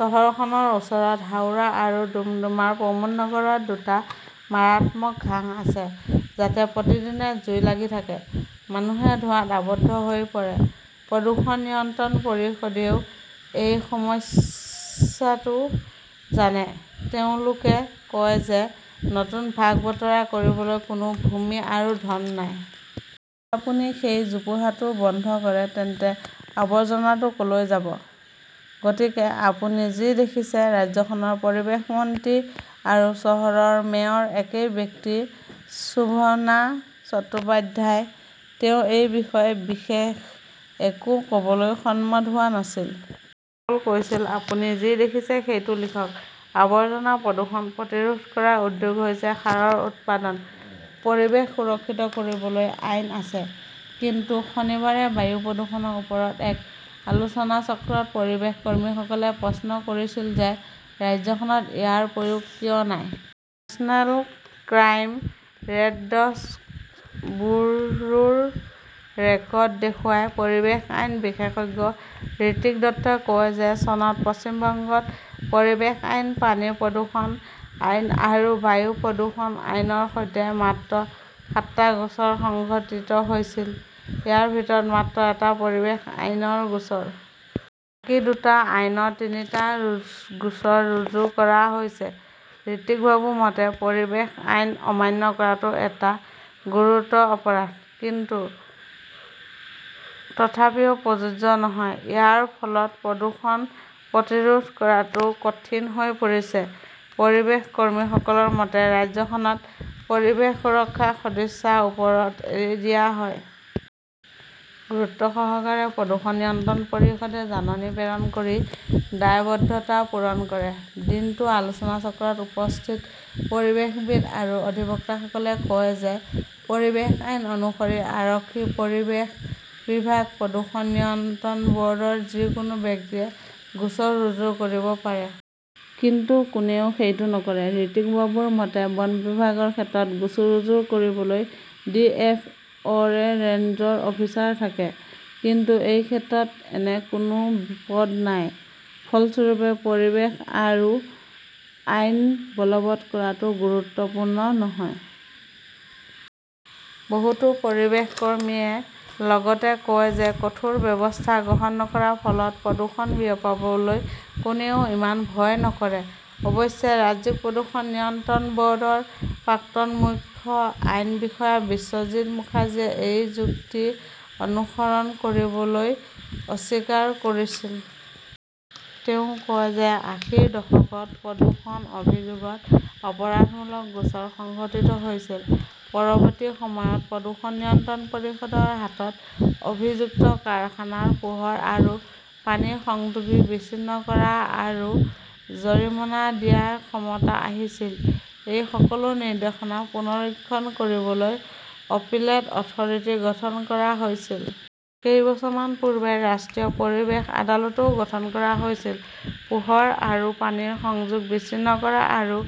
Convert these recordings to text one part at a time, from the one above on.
চহৰখনৰ ওচৰৰ হাওৰা আৰু দুমডামৰ প্ৰমোদনগৰত দুটা মাৰাত্মক ঘাঁহ আছে। যাতে প্ৰতিদিনে জুই লাগি থাকে, মানুহে ধোঁৱাত আৱদ্ধ হৈ পৰে। প্ৰদূষণ নিয়ন্ত্ৰণ পৰিষদেও এই সমস্যাটো জানে। তেওঁলোকে কয় যে নতুন ভাগ বতৰা কৰিবলৈ কোনো ভূমি আৰু ধন নাই। যদি আপুনি সেই জোপোহাটো বন্ধ কৰে তেন্তে আৱৰ্জনাটো কলৈ লৈ যাব? গতিকে আপুনি যি দেখিছে, ৰাজ্যখনৰ পৰিৱেশ মন্ত্ৰী আৰু চহৰৰ মেয়ৰ একেই ব্যক্তি শোভনা চট্টোপাধ্যায়। তেওঁ এই বিষয়ে বিশেষ একো কবলৈ সন্মত হোৱা নাছিল। কেৱল কৈছিল, আপুনি যি দেখিছে সেইটো লিখক। আৱৰ্জনা-প্ৰদূষণ প্ৰতিৰোধ কৰাৰ উদ্যোগ হৈছে সাৰৰ উৎপাদন। পৰিৱেশ সুৰক্ষিত কৰিবলৈ আইন আছে। কিন্তু শনিবাৰে বায়ু প্ৰদূষণৰ ওপৰত এক আলোচনাচক্ৰত পৰিৱেশ কৰ্মীসকলে প্ৰশ্ন কৰিছিল যে, ৰাজ্যখনত ইয়াৰ প্ৰয়োগ কিয় নাই? নেচনেল ক্ৰাইম ৰেদৰ্ডছ ব্যুৰোৰ ৰেকৰ্ড দেখুৱাই পৰিৱেশ আইন বিশেষজ্ঞ ঋত্বিক দত্তই কয় যে চনত পশ্চিম বংগত পৰিৱেশ আইন, পানী প্ৰদূষণ আইন আৰু বায়ু প্ৰদূষণ আইনৰ সৈতে মাত্ৰ সাতটা গোচৰ সংঘটিত হৈছিল। ইয়াৰ ভিতৰত মাত্ৰ এটা পৰিৱেশ আইনৰ গোচৰ! বাকী দুটা আইনত তিনিটা গোচৰ ৰুজু কৰা হৈছে। ঋত্বিক বাবুৰ মতে, পৰিৱেশ আইন অমান্য কৰাটো এক গুৰুতৰ অপৰাধ। কিন্তু তথাপিও প্ৰযোজ্য নহয়। ইয়াৰ ফলত প্ৰদূষণ প্ৰতিৰোধ কৰাটো কঠিন হৈ পৰিছে। পৰিৱেশ কৰ্মীসকলৰ মতে, ৰাজ্যখনত পৰিৱেশ সুৰক্ষা সদিচ্ছাৰ ওপৰত এৰি দিয়া হয়। গুৰুত্বসহকাৰে প্ৰদূষণ নিয়ন্ত্ৰণ পৰিষদে জাননী প্ৰেৰণ কৰি দায়বদ্ধতা পূৰণ কৰে। দিনটোৰ আলোচনাচক্ৰত উপস্থিত পৰিৱেশবিদ আৰু অধিবক্তাসকলে কয় যে পৰিৱেশ আইন অনুসৰি আৰক্ষী, পৰিৱেশ বিভাগ, প্ৰদূষণ নিয়ন্ত্ৰণ বৰ্ডৰ যিকোনো ব্যক্তিয়ে গোচৰ ৰুজু কৰিব পাৰে। কিন্তু কোনেও সেইটো নকৰে। ঋত্বিক বাবুৰ মতে, বন বিভাগৰ ক্ষেত্ৰত গোচৰ ৰুজু কৰিবলৈ D. F. O range officer থাকে। কিন্তু এই ক্ষেত্ৰত এনে কোনো পদ নাই। ফলস্বৰূপে, পৰিৱেশ আৰু আইন বলৱৎ কৰাটো গুৰুত্বপূৰ্ণ নহয়। বহুতো পৰিৱেশ কৰ্মীয়ে লগতে কয় যে কঠোৰ ব্যৱস্থা গ্ৰহণ নকৰাৰ ফলত প্ৰদূষণ বিয়পাবলৈ কোনেও ইমান ভয় নকৰে। অৱশ্যে, ৰাজ্যিক প্ৰদূষণ নিয়ন্ত্ৰণ বৰ্ডৰ প্ৰাক্তন মুখ্য আইন বিষয়া বিশ্বজিত মুখাৰ্জীয়ে এই যুক্তি অনুসৰণ কৰিবলৈ অস্বীকাৰ কৰিছিল। তেওঁ কয় যে আশীৰ দশকত প্ৰদূষণৰ অভিযোগত অপৰাধমূলক গোচৰ সংঘটিত হৈছিল। পৰৱৰ্তী সময়ত প্ৰদূষণ নিয়ন্ত্ৰণ পৰিষদৰ হাতত অভিযুক্ত কাৰখানাৰ পোহৰ আৰু পানীৰ সংযোগ বিচ্ছিন্ন কৰা আৰু জৰিমনা দিয়াৰ ক্ষমতা আহিছিল। এই সকলো নিৰ্দেশনা পুনৰীক্ষণ কৰিবলৈ 'অপিলেট অথৰিটি 'গঠন কৰা হৈছিল। কেইবছৰমান পূৰ্বে ৰাষ্ট্ৰীয় পৰিৱেশ আদালতও গঠন কৰা হৈছিল। পোহৰ আৰু পানীৰ সংযোগ বিচ্ছিন্ন কৰা আৰু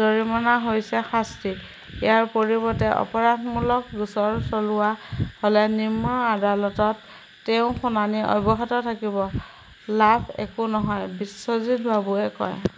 জৰিমনা হৈছে শাস্তি। ইয়াৰ পৰিৱৰ্তে অপৰাধমূলক গোচৰ চলোৱা হলে নিম্ন আদালতত তেওঁৰ শুনানি অব্যাহত থাকে। লাভ একো নহয়, বিশ্বজিত বাবুৱে কয়।